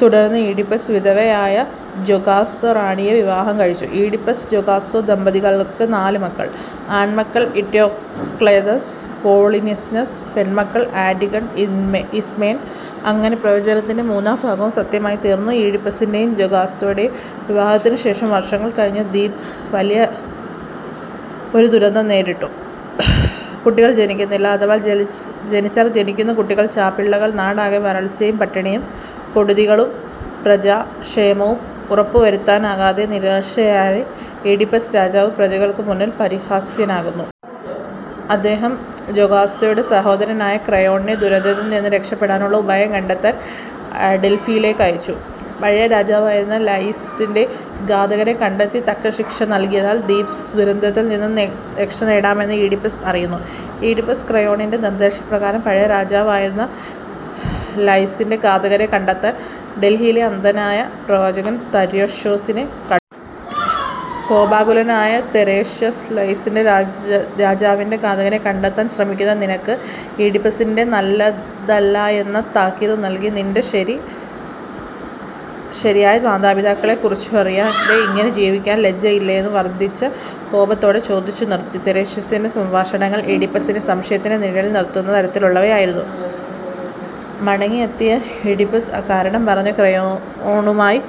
തുടർന്നു ഈഡിപ്പസ് വിധവയായ ജൊകാസ്ത റാണിയെ വിവാഹം കഴിച്ചു. ഈഡിപ്പസ്-ജൊകാസ്ത ദമ്പതിമാർക്കു നാലു മക്കൾ; "ആണ്മക്കൾ-ഇട്യോക്ലെദസ്, പൊളീനിസെസ്, പെണ്മക്കൾ-ആന്റിഗെൺ, ഇസ്മേൻ". അങ്ങനെ പ്രവചനത്തിന്റെ മൂന്നാം ഭാഗവും സത്യമായിത്തീർന്നു. ഈഡിപ്പസിന്റെയും ജൊകാസ്തയുടെയും വിവാഹത്തിനു ശേഷം വർഷങ്ങൾ കഴിഞ്ഞു ഥീബ്സ് രാജ്യം വലിയ ഒരു ദുരിതം നേരിട്ടു. കുട്ടികൾ ജനിക്കുന്നില്ല, അഥവാ ജനിച്ചാൽ ജനിക്കുന്ന കുട്ടികൽ ചാപിള്ളകൾനാടാകെ വരൾച്ചയും പട്ടിണിയും കെടുതികളുംപ്രജാ-ക്ഷേമം ഉറപ്പു വരുത്താനാകാതെ നിരാശനായ ഈഡിപ്പസ് രാജാവ് പ്രജകൾക്കു മുന്നിൽ പരിഹാസ്യനാകുന്നു. അദ്ദേഹം ജൊകാസ്തയുടെ സഹോദരനായ ക്രയോണിനെ ദുരിതത്തിൽ നിന്നും രക്ഷപെടാനുള്ള ഉപായം കണ്ടെത്താൻ ഡൽഫിയിലേക്കയച്ചു. പഴയ രാജാവായിരുന്ന ലൈയ്സിന്റെ ഘാതകനെ കണ്ടെത്തി തക്ക ശിക്ഷനൽകിയാൽ ഥീബ്സ് ദുരിതത്തിൽനിന്നും രക്ഷനേടാമെന്നും ഈഡിപ്പസ് അറിയുന്നു. ഈഡിപ്പസ് ക്രയോണിന്റെ നിർദ്ദേശപ്രകാരം പഴയ രാജാവായിരുന്ന ലൈയ്സിന്റെ ഘാതകനെ കണ്ടെത്താൻ ഡൽഫിയിലെ അന്ധനായ പ്രവാചകൻ തെരേഷ്യാസിനെ കണ്ടു. കോപാകുലനായ തെരേഷ്യാസ് ലൈയ്സ് രാജാവിന്റെ ഘാതകനെ കണ്ടെത്താൻ ശ്രമിക്കുന്ന "നിനക്ക്", ഈഡിപ്പസ്സിനു നല്ലതല്ലായെന്ന താക്കീതു നൽകി. നിന്റെ ശരിയായ മാതാ-പിതാക്കളെക്കുറിച്ചറിയാതെ ഇങ്ങനെ ജീവിക്കാൻ ലജ്ജയില്ലേയെന്നു വർദ്ദിത-കോപത്തോടെ ചൊദിച്ചു നിർത്തി. തെരേഷ്യാസിന്റെ സംഭാഷണങ്ങൾ ഈഡിപ്പസിനെ സംശയത്തിന്റെ നിഴലിൽ നിർത്തുന്ന തരത്തിലുള്ളവയായിരുന്നു. മടങ്ങിയെത്തിയ ഈഡിപ്പസ് അക്കാരണം പറഞ്ഞു ക്രയോണുമായി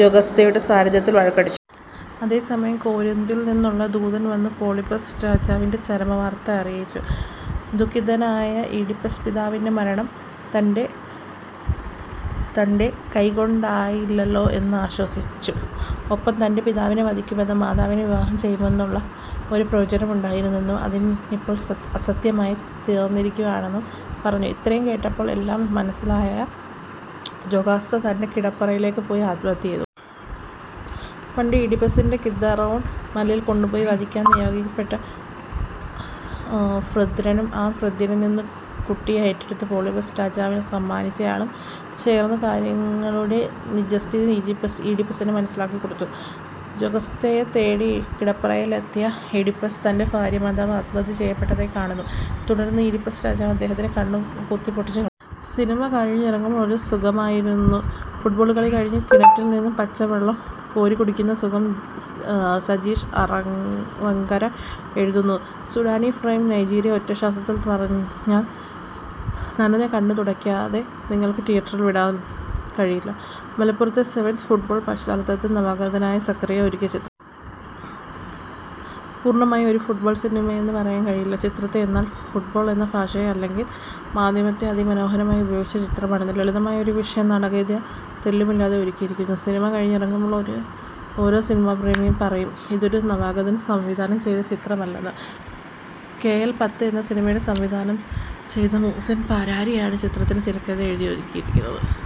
ജൊകസ്തയുടെ സാന്നിദ്ധ്യത്തിൽ വഴക്കടിച്ചു. അതേ സമയം കോരിന്ദിൽ നിന്നുള്ള ദൂതൻ വന്നു പോളിബസ് രാജാവിന്റെ ചരമ വാർത്ത അറിയിച്ചു. ദുഖിതനായ ഈഡിപ്പസ് പിതാവിന്റെ മരണം തന്റെ തന്റെ കൈകൊണ്ടായില്ലല്ലോ എന്നാശ്വസിച്ചു. ഒപ്പം തന്റെ പിതാവിനെ വധിക്കുമെന്നും മാതാവിനെ വിവാഹം ചെയ്യുമെന്നുമുള്ള ഒരു പ്രവചനമുണ്ടായിരുന്നെന്നും അതിപ്പോൾ അസത്യമായി തീർന്നിരിക്കുന്നുവെന്നും പറഞ്ഞു. ഇത്രയും കേട്ടപ്പോൾതന്നെ എല്ലാം മനസ്സിലായ ജൊകാസ്ത തന്റെ കിടപ്പറയിലേക്കു പോയി ആത്മഹത്യ ചെയ്തു. പണ്ടു ഈഡിപ്പസ്സിനെ കിഥറൊൺ മലയിൽ കൊണ്ടുപോയി വധിക്കാൻ നിയോഗിക്കപ്പെട്ട ഭൃത്യനും ആ ഭൃത്യനിൽ നിന്നുംകുട്ടിയെ ഏറ്റെടുത്ത് പോളിബസ് രാജവിനു സമ്മാനിച്ചയാളും ചേർന്നു കാര്യങ്ങളുടെ നിജസ്ഥിതി ഈഡിപ്പസിനു മനസ്സിലാക്കിക്കൊടുത്തു. ജൊകാസ്തയെ തേടി കിടപ്പറയിലെത്തിയ ഈഡിപ്പസ് തന്റെ ഭാര്യ/മാതാവ് ആത്മഹത്യ ചെയ്യപ്പെട്ടതായി കാണുന്നു. തുടർന്നു ഈഡിപ്പസ് രാജാവ് അദ്ദേഹത്തിന്റെ കണ്ണു കുത്തിപ്പൊട്ടിച്ചു കളഞ്ഞു. സിനിമ കഴിഞ്ഞിറങ്ങുമ്പോൾ ഒരു സുഖമായിരുന്നു. ഫുട്ബോൾ കളി കഴിഞ്ഞ് കിണറ്റിൽ നിന്ന് പച്ചവെള്ളം കോരി കുടിക്കുന്ന സുഖം സജീഷ് അറവങ്കര എഴുതുന്നു. സുഡാനി ഫ്രം നൈജീരിയ ഒറ്റ ശ്വാസത്തിൽ പറഞ്ഞാൽ, നനഞ്ഞ കണ്ണ് തുടയ്ക്കാതെ നിങ്ങൾക്ക് തിയേറ്റർ വിടാൻ കഴിയില്ല. മലപ്പുറത്തെ സെവൻസ് ഫുട്ബോൾ പശ്ചാത്തലത്തിൽ നവാഗതനായ സക്കറിയ ഒരുക്കിയ ചിത്രം. പൂർണമായും ഒരു ഫുട്ബോൾ സിനിമയെന്ന് പറയാൻ കഴിയില്ല ചിത്രത്തെ. എന്നാൻ, ഫുട്ബോൾ എന്ന ഭാഷയെ അല്ലെങ്കിൽ മാധ്യമത്തെ അതിമനോഹരമായി ഉപയോഗിച്ച ചിത്രമാണിത്. ലളിതമായ ഒരു വിഷയം നാടകീയത തെല്ലുമില്ലാതെ ഒരുക്കിയിരിക്കുന്നു. സിനിമ കഴിഞ്ഞിറങ്ങുമ്പോൾ ഓരോ സിനിമാപ്രേമിയും പറയും ഇതൊരു നവാഗതൻ സംവിധാനം ചെയ്ത ചിത്രമല്ലെന്ന്. കെഎൽ പത്ത് എന്ന സിനിമ സംവിധാനം ചെയ്ത മുഹ്സിൻ പരാരിയാണ് ചിത്രത്തിന് തിരക്കഥയൊരുക്കിയിരിക്കുന്നത്.